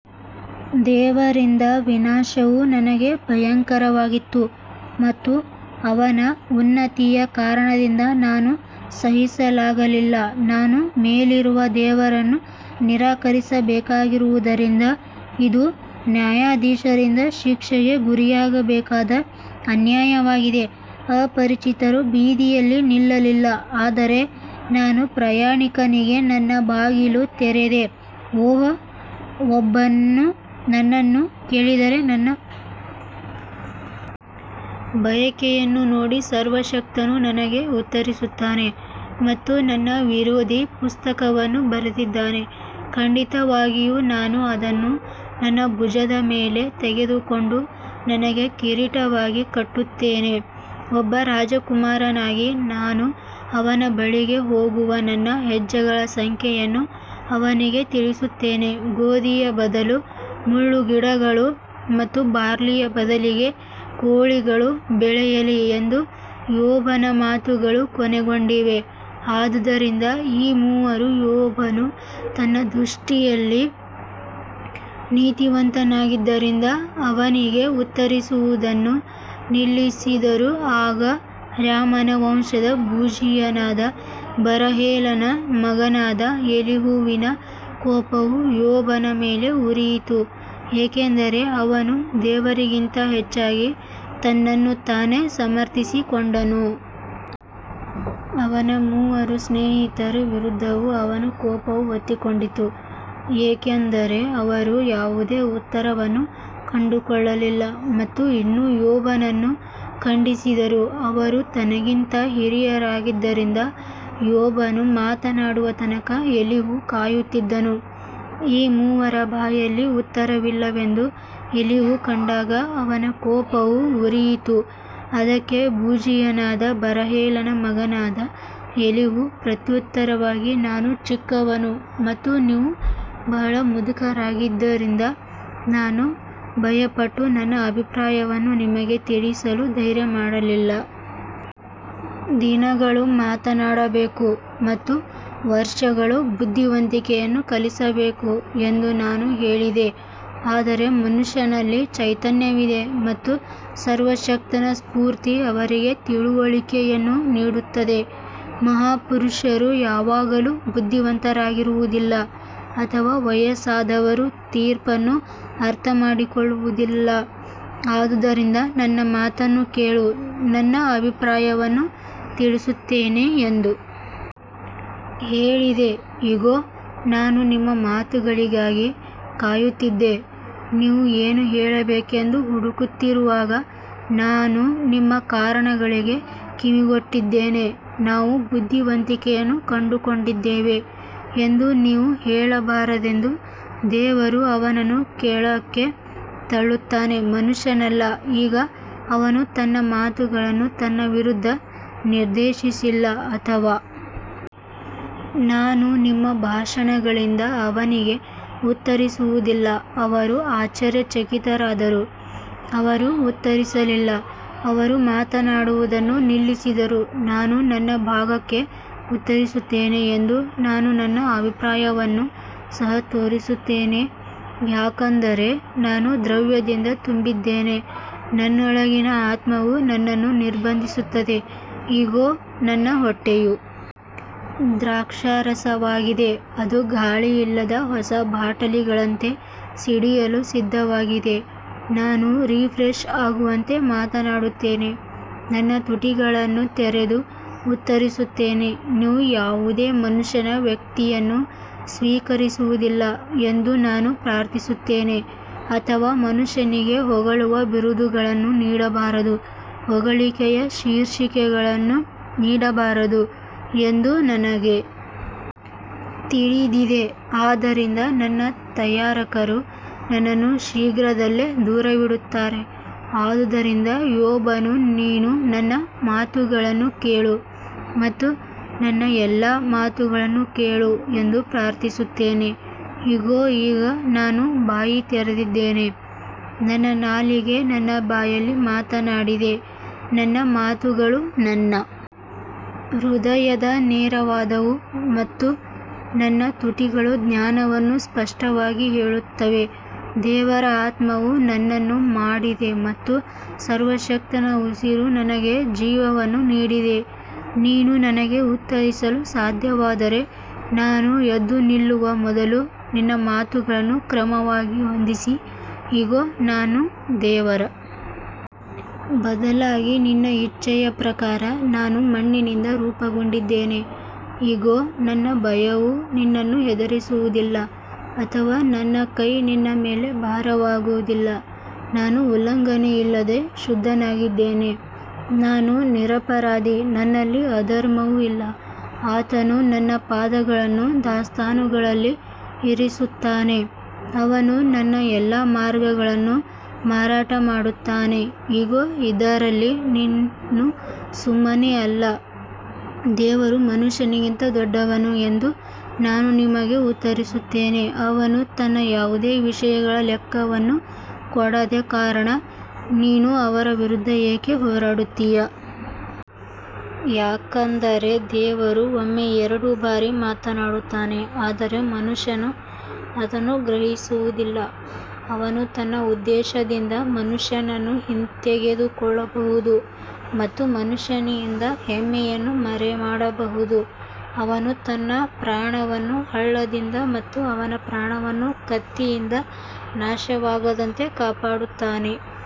ದೇವರಿಂದ ವಿನಾಶವು ನನಗೆ ಭಯಂಕರವಾಗಿತ್ತು ಮತ್ತು ಅವನ ಉನ್ನತಿಯ ಕಾರಣದಿಂದ ನಾನು ಸಹಿಸಲಾಗಲಿಲ್ಲ ನಾನು ಮೇಲಿರುವ ದೇವರನ್ನು ನಿರಾಕರಿಸಬೇಕಾಗಿರುವುದರಿಂದ ಇದು ನ್ಯಾಯಾಧೀಶರಿಂದ ಶಿಕ್ಷೆಗೆ ಗುರಿಯಾಗಬೇಕಾದ ಅನ್ಯಾಯವಾಗಿದೆ ಅಪರಿಚಿತರು ಬೀದಿಯಲ್ಲಿ ನಿಲ್ಲಲಿಲ್ಲ ಆದರೆ ನಾನು ಪ್ರಯಾಣಿಕನಿಗೆ ನನ್ನ ಬಾಗಿಲು ತೆರೆದೆ ಓಹ್, ಒಬ್ಬನು ನನ್ನನ್ನು ಕೇಳಿದರೆ, ನನ್ನ ಬಯಕೆಯನ್ನು ನೋಡಿ, ಸರ್ವಶಕ್ತನು ನನಗೆ ಉತ್ತರಿಸುತ್ತಾನೆ ಮತ್ತು ನನ್ನ ವಿರೋಧಿ ಪುಸ್ತಕವನ್ನು ಬರೆದಿದ್ದಾನೆ ಖಂಡಿತವಾಗಿಯೂ ನಾನು ಅದನ್ನು ನನ್ನ ಭುಜದ ಮೇಲೆ ತೆಗೆದುಕೊಂಡು ನನಗೆ ಕಿರೀಟವಾಗಿ ಕಟ್ಟುತ್ತೇನೆ ಒಬ್ಬ ರಾಜಕುಮಾರನಾಗಿ ನಾನು ಅವನ ಬಳಿಗೆ ಹೋಗುವ ನನ್ನ ಹೆಜ್ಜೆಗಳ ಸಂಖ್ಯೆಯನ್ನು ಅವನಿಗೆ ತಿಳಿಸುತ್ತೇನೆ ಗೋಧಿಯ ಬದಲು ಮುಳ್ಳುಗಿಡಗಳು ಮತ್ತು ಬಾರ್ಲಿಯ ಬದಲಿಗೆ ಕೋಳಿಗಳು ಬೆಳೆಯಲಿ ಎಂದು ಯೋಬನ ಮಾತುಗಳು ಕೊನೆಗೊಂಡಿವೆ ಆದುದರಿಂದ ಈ ಮೂವರು ಯೋಬನು ತನ್ನ ದೃಷ್ಟಿಯಲ್ಲಿ ನೀತಿವಂತನಾಗಿದ್ದರಿಂದ ಅವನಿಗೆ ಉತ್ತರಿಸುವುದನ್ನು ನಿಲ್ಲಿಸಿದರು ಆಗ ರಾಮನ ವಂಶದ ಬೂಜಿಯನಾದ ಬರಹೇಲನ ಮಗನಾದ ಎಲೀಹುವಿನ ಕೋಪವು ಯೋಬನ ಮೇಲೆ ಉರಿಯಿತು, ಏಕೆಂದರೆ ಅವನು ದೇವರಿಗಿಂತ ಹೆಚ್ಚಾಗಿ ತನ್ನನ್ನು ತಾನೇ ಸಮರ್ಥಿಸಿಕೊಂಡನು. ಅವನ ಮೂವರು ಸ್ನೇಹಿತರ ವಿರುದ್ಧವೂ ಅವನ ಕೋಪವು ಹೊತ್ತಿಕೊಂಡಿತು ಏಕೆಂದರೆ ಅವರು ಯಾವುದೇ ಉತ್ತರವನ್ನು ಕಂಡುಕೊಳ್ಳಲಿಲ್ಲ ಮತ್ತು ಇನ್ನೂ ಯೋಬನನ್ನು ಖಂಡಿಸಿದರು ಅವರು ತನಗಿಂತ ಹಿರಿಯರಾಗಿದ್ದರಿಂದ ಯೋಬನು ಮಾತನಾಡುವ ತನಕ ಎಲೀಹು ಕಾಯುತ್ತಿದ್ದನು ಈ ಮೂವರ ಬಾಯಲ್ಲಿ ಉತ್ತರವಿಲ್ಲವೆಂದು ಎಲೀಹು ಕಂಡಾಗ ಅವನ ಕೋಪವು ಉರಿಯಿತು ಅದಕ್ಕೆ ಬೂಜಿಯನಾದ ಬರಹೇಲನ ಮಗನಾದ ಎಲೀಹು ಪ್ರತ್ಯುತ್ತರವಾಗಿ ನಾನು ಚಿಕ್ಕವನು ಮತ್ತು ನೀವು ಬಹಳ ಮುದುಕರಾಗಿದ್ದರಿಂದ ನಾನು ಭಯಪಟ್ಟು ನನ್ನ ಅಭಿಪ್ರಾಯವನ್ನು ನಿಮಗೆ ತಿಳಿಸಲು ಧೈರ್ಯಮಾಡಲಿಲ್ಲ. ದಿನಗಳು ಮಾತನಾಡಬೇಕು ಮತ್ತು ವರ್ಷಗಳು ಬುದ್ಧಿವಂತಿಕೆಯನ್ನು ಕಲಿಸಬೇಕು ಎಂದು ನಾನು ಹೇಳಿದೆ ಆದರೆ ಮನುಷ್ಯನಲ್ಲಿ ಚೈತನ್ಯವಿದೆ ಮತ್ತು ಸರ್ವಶಕ್ತನ ಸ್ಫೂರ್ತಿ ಅವರಿಗೆ ತಿಳುವಳಿಕೆಯನ್ನು ನೀಡುತ್ತದೆ ಮಹಾಪುರುಷರು ಯಾವಾಗಲೂ ಬುದ್ಧಿವಂತರಾಗಿರುವುದಿಲ್ಲ ಅಥವಾ ವಯಸ್ಸಾದವರು ತೀರ್ಪನ್ನು ಅರ್ಥಮಾಡಿಕೊಳ್ಳುವುದಿಲ್ಲ ಆದುದರಿಂದ ನನ್ನ ಮಾತನ್ನು ಕೇಳು, ನನ್ನ ಅಭಿಪ್ರಾಯವನ್ನೂ ತಿಳಿಸುತ್ತೇನೆ ಎಂದು ಹೇಳಿದೆ ಇಗೋ, ನಾನು ನಿಮ್ಮ ಮಾತುಗಳಿಗಾಗಿ ಕಾಯುತ್ತಿದ್ದೆ, ನೀವು ಏನು ಹೇಳಬೇಕೆಂದು ಹುಡುಕುತ್ತಿರುವಾಗ ನಾನು ನಿಮ್ಮ ಕಾರಣಗಳಿಗೆ ಕಿವಿಗೊಟ್ಟಿದ್ದೇನೆ ನಾವು ಬುದ್ಧಿವಂತಿಕೆಯನ್ನು ಕಂಡುಕೊಂಡಿದ್ದೇವೆ ಎಂದು ನೀವು ಹೇಳಬಾರದೆಂದು ದೇವರು ಅವನನ್ನು ಕೆಳಕ್ಕೆ ತಳ್ಳುತ್ತಾನೆ ಮನುಷ್ಯನಲ್ಲ ಈಗ ಅವನು ತನ್ನ ಮಾತುಗಳನ್ನು ನನ್ನ ವಿರುದ್ಧ ನಿರ್ದೇಶಿಸಿಲ್ಲ ಅಥವಾ ನಾನು ನಿಮ್ಮ ಭಾಷಣಗಳಿಂದ ಅವನಿಗೆ ಉತ್ತರಿಸುವುದಿಲ್ಲ ಅವರು ಆಶ್ಚರ್ಯಚಕಿತರಾದರು, ಅವರು ಉತ್ತರಿಸಲಿಲ್ಲ, ಅವರು ಮಾತನಾಡುವುದನ್ನು ನಿಲ್ಲಿಸಿದರು ನಾನು ನನ್ನ ಭಾಗಕ್ಕೆ ಉತ್ತರಿಸುತ್ತೇನೆ ಎಂದು ನಾನು ನನ್ನ ಅಭಿಪ್ರಾಯವನ್ನು ಸಹ ತೋರಿಸುತ್ತೇನೆ ಯಾಕಂದರೆ ನಾನು ದ್ರವ್ಯದಿಂದ ತುಂಬಿದ್ದೇನೆ ನನ್ನೊಳಗಿನ ಆತ್ಮವು ನನ್ನನ್ನು ನಿರ್ಬಂಧಿಸುತ್ತದೆ ಇಗೋ, ನನ್ನ ಹೊಟ್ಟೆಯು ದ್ರಾಕ್ಷಾರಸವಾಗಿದೆ, ಅದು ಗಾಳಿಯಿಲ್ಲದ ಹೊಸ ಬಾಟಲಿಗಳಂತೆ ಸಿಡಿಯಲು ಸಿದ್ಧವಾಗಿದೆ ನಾನು ರಿಫ್ರೆಶ್ ಆಗುವಂತೆ ಮಾತನಾಡುತ್ತೇನೆ, ನನ್ನ ತುಟಿಗಳನ್ನು ತೆರೆದು ಉತ್ತರಿಸುತ್ತೇನೆ ನೀವು ಯಾವುದೇ ಮನುಷ್ಯನ ವ್ಯಕ್ತಿಯನ್ನು ಸ್ವೀಕರಿಸುವುದಿಲ್ಲ ಎಂದು ನಾನು ಪ್ರಾರ್ಥಿಸುತ್ತೇನೆ ಅಥವಾ ಮನುಷ್ಯನಿಗೆ ಹೊಗಳುವ ಬಿರುದುಗಳನ್ನು ನೀಡಬಾರದು ಹೊಗಳಿಕೆಯ ಶೀರ್ಷಿಕೆಗಳನ್ನು ನೀಡಬಾರದು ಎಂದು ನನಗೆ ತಿಳಿದಿದೆ, ಆದ್ದರಿಂದ ನನ್ನ ತಯಾರಕರು ನನ್ನನ್ನು ಶೀಘ್ರದಲ್ಲೇ ದೂರವಿಡುತ್ತಾರೆ ಆದುದರಿಂದ ಯೋಬನು ನೀನು ನನ್ನ ಮಾತುಗಳನ್ನು ಕೇಳು ಮತ್ತು ನನ್ನ ಎಲ್ಲಾ ಮಾತುಗಳನ್ನು ಕೇಳು ಎಂದು ಪ್ರಾರ್ಥಿಸುತ್ತೇನೆ ಇಗೋ ಈಗ ನಾನು ಬಾಯಿ ತೆರೆದಿದ್ದೇನೆ ನನ್ನ ನಾಲಿಗೆ ನನ್ನ ಬಾಯಲ್ಲಿ ಮಾತನಾಡಿದೆ ನನ್ನ ಮಾತುಗಳು ನನ್ನ ಹೃದಯದ ನೇರವಾದವು ಮತ್ತು ನನ್ನ ತುಟಿಗಳು ಜ್ಞಾನವನ್ನು ಸ್ಪಷ್ಟವಾಗಿ ಹೇಳುತ್ತವೆ ದೇವರ ಆತ್ಮವು ನನ್ನನ್ನು ಮಾಡಿದೆ ಮತ್ತು ಸರ್ವಶಕ್ತನ ಉಸಿರು ನನಗೆ ಜೀವವನ್ನು ನೀಡಿದೆ ನೀನು ನನಗೆ ಉತ್ತರಿಸಲು ಸಾಧ್ಯವಾದರೆ ನಾನು ಎದ್ದು ನಿಲ್ಲುವ ಮೊದಲು ನಿನ್ನ ಮಾತುಗಳನ್ನು ಕ್ರಮವಾಗಿ ಹೊಂದಿಸು ಇಗೋ, ನಾನು ದೇವರ ಬದಲಾಗಿ ನಿನ್ನ ಇಚ್ಛೆಯ ಪ್ರಕಾರ ನಾನು ಮಣ್ಣಿನಿಂದ ರೂಪುಗೊಂಡಿದ್ದೇನೆ ಇಗೋ, ನನ್ನ ಭಯವು ನಿನ್ನನ್ನು ಹೆದರಿಸುವುದಿಲ್ಲ ಅಥವಾ ನನ್ನ ಕೈ ನಿನ್ನ ಮೇಲೆ ಭಾರವಾಗುವುದಿಲ್ಲ ನಾನು ಉಲ್ಲಂಘನೆಯಿಲ್ಲದೆ ಶುದ್ಧನಾಗಿದ್ದೇನೆ, ನಾನು ನಿರಪರಾಧಿ, ನನ್ನಲ್ಲಿ ಅಧರ್ಮವೂ ಇಲ್ಲ ಆತನು ನನ್ನ ಪಾದಗಳನ್ನು ದಾಸ್ತಾನುಗಳಲ್ಲಿ ಇರಿಸುತ್ತಾನೆ, ಅವನು ನನ್ನ ಎಲ್ಲಾ ಮಾರ್ಗಗಳನ್ನು ಮಾರಾಟ ಮಾಡುತ್ತಾನೆ ಇಗೋ, ಇದರಲ್ಲಿ ನೀನು ಸುಮ್ಮನೆ ಅಲ್ಲ, ದೇವರು ಮನುಷ್ಯನಿಗಿಂತ ದೊಡ್ಡವನು ಎಂದು ನಾನು ನಿಮಗೆ ಉತ್ತರಿಸುತ್ತೇನೆ ಅವನು ತನ್ನ ಯಾವುದೇ ವಿಷಯಗಳ ಲೆಕ್ಕವನ್ನು ಕೊಡದ ಕಾರಣ ನೀನು ಅವನ ವಿರುದ್ಧ ಏಕೆ ಹೋರಾಡುತ್ತೀಯ? ಯಾಕಂದರೆ ದೇವರು ಒಮ್ಮೆ ಎರಡು ಬಾರಿ ಮಾತನಾಡುತ್ತಾನೆ ಆದರೆ ಮನುಷ್ಯನು ಅದನ್ನು ಗ್ರಹಿಸುವುದಿಲ್ಲ ಅವನು ತನ್ನ ಉದ್ದೇಶದಿಂದ ಮನುಷ್ಯನನ್ನು ಹಿಂತೆಗೆದುಕೊಳ್ಳಬಹುದು ಮತ್ತು ಮನುಷ್ಯನಿಂದ ಹೆಮ್ಮೆಯನ್ನು ಮರೆಮಾಡಬಹುದು ಅವನು ತನ್ನ ಪ್ರಾಣವನ್ನು ಹಳ್ಳದಿಂದ ಮತ್ತು ಅವನ ಪ್ರಾಣವನ್ನು ಕತ್ತಿಯಿಂದ ನಾಶವಾಗದಂತೆ ಕಾಪಾಡುತ್ತಾನೆ.